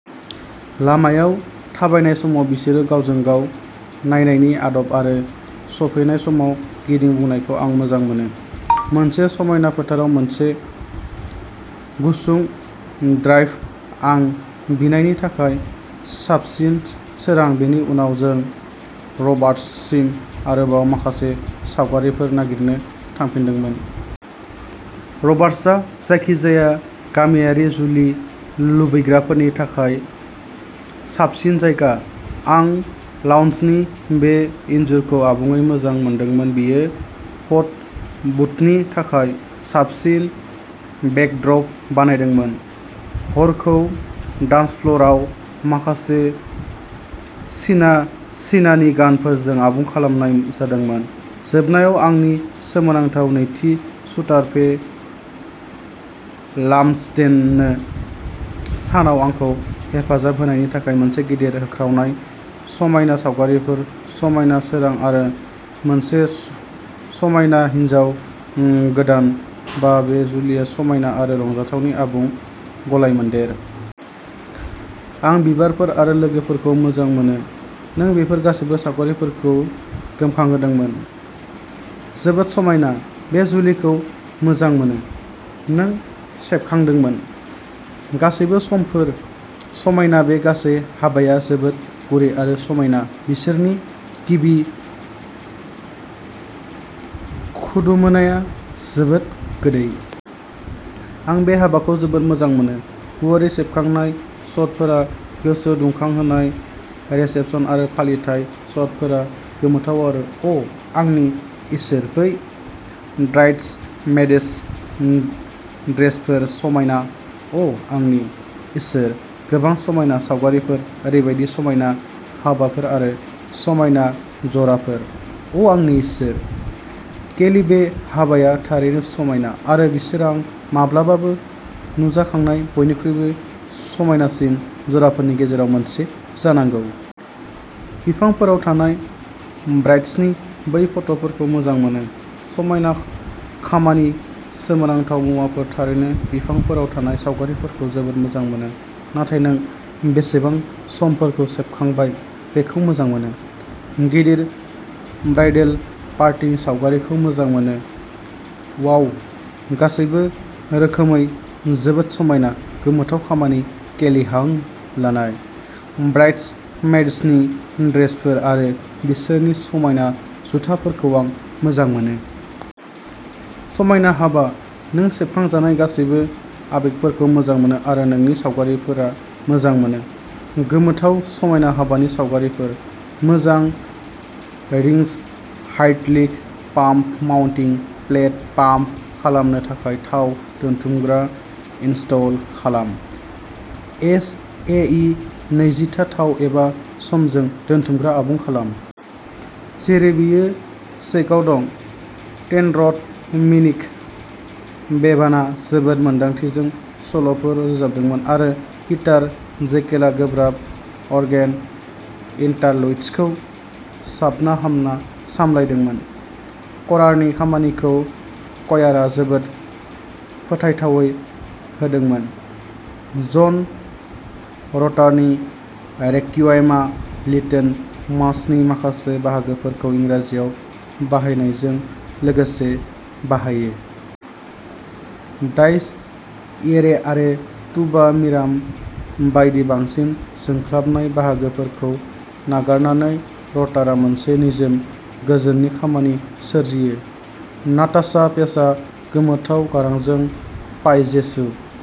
लामायाव थाबायनाय समाव बिसोरो गावजों-गाव नायनायनि आदब आरो सफैनाय समाव गिदिं बुनायखौ आं मोजां मोनो। मोनसे समायना फोथाराव मोनसे गुसुं ड्राइभ आं बिनायनि थाखाय साबसिन सोरां बेनि उनाव जों रबार्ट्ससिम आरोबाव माखासे सावगारिफोर नागिरनो थांफिनदोंमोन। रबार्ट्सआ जायखिजाया गामियारि जुलि लुबैग्राफोरनि थाखाय साबसिन जायगा आं लाउन्जनि बे इनजुरखौ आबुङै मोजां मोनदोंमोन बेयो फटबुथनि थाखाय साबसिन बेकद्रब बानायदोंमोन। हरखौ डान्सफ्ल'राव माखासे सिना सिनानिगानफोरजों आबुं खालामनाय जादोंमोन। जोबनायाव आंनि सोमोनांथाव नैथि शूटार फे लाम्सडेननो सानाव आंखौ हेफाजाब होनायनि थाखाय मोनसे गिदिर होख्रावनाय समायना सावगारिफोर समायना सोरां आरो मोनसे समायना हिन्जाव ओम गोदान बाह बे जुलिया समायना आरो रंजाथावनि आबुं गलायमोन्देर! आं बिबारफोर आरो लोगोफोरखौ मोजां मोनो नों बेफोर गासैबो सावगारिफोरखौ गोमखांहोदोंमोन। जोबोद समायना बे जुलिखौ मोजां मोनो नों सेबखांदोंमोन। गासैबो समफोर समायना बे गासै हाबाया जोबोद गुरै आरो समायना बिसोरनि गिबि खुदुमोनाया जोबोद गोदै। आं बे हाबाखौ जोबोद मोजां मोनो। गुवारै सेबखांनाय शटफोरा गोसो दुंखांहोनाय रिसेपसन आरो फालिथाय शटफोरा गोमोथाव आरो अ आंनि इसोर बै ब्राइड्समेड्स ड्रेसफोर समायना अआंनि इसोर गोबां समायना सावगारिफोर ओरैबायदि समायना हाबाफोर आरो समायना जराफोर अआंनि इसोर केली बे हाबाया थारैनो समायना आरो बिसोर आं माब्लाबाबो नुजाखांनाय बयनिख्रुइबो समायनासिन जराफोरनि गेजेराव मोनसे जानांगौ। बिफांफोराव थानाय ब्राइड्सनि बै फट'फोरखौ मोजां मोनो। समायना खामानि सोमोनांथाव मुवाफोर थारैनो बिफांफोराव थानाय सावगारिफोरखौ जोबोद मोजां मोनो। नाथाय नों बेसेबां समफोरखौ सेबखांबाय बेखौ मोजां मोनो। गिदिर ब्राइडल पार्टिनि सावगारिखौ मोजां मोनो वाव गासैबो रोखोमै जोबोद समायना गोमोथाव खामानि केली हां लानाय ब्राइड्समेड्सनि ड्रेसफोर आरो बिसोरनि समायना जुथाफोरखौ आं मोजां मोनो। समायना हाबा नों सेबखांजानाय गासैबो आबेगफोरखौ मोजां मोनो आरो नोंनि सावगारिफोरा मोजां मोनो। गोमोथाव समायना हाबानि सावगारिफोर। मोजां रिंशट hydraulic pump mounting plate pump खालामनो थाखाय थाव दोनथुमग्रा इनस्टल खालाम। एस ए इ नैजिथा थाव एबा समजों दोनथुमग्रा आबुं खालाम। जेरै बेयो चेकआव दं। टेनरड मिनिक बेभानआ जोबोद मोन्दांथिजों सल'फोर रोजाबदोंमोन आरो पिटार जेकेलआ गोब्राब अर्गेन इन्टारलुड्सखौ साबना-हामना सामलायदोंमोन। क'रारनि खामानिखौ क'यारआ जोबोद फोथायथावै होदोंमोन। जन रटारनि रेक्विएमआ लेटिन मासनि माखासे बाहागोफोरखौ इंराजियाव बाहायनायजों लोगोसे बाहायो। डाइस इरे आरो तुबा मिराम बायदि बांसिन जोंख्लाबनाय बाहागोफोरखौ नागारनानै रटारआ मोनसे निजोम गोजोननि खामानि सोरजियो। नाताशा पेजआ गोमोथाव गारांजों पाइ जेसु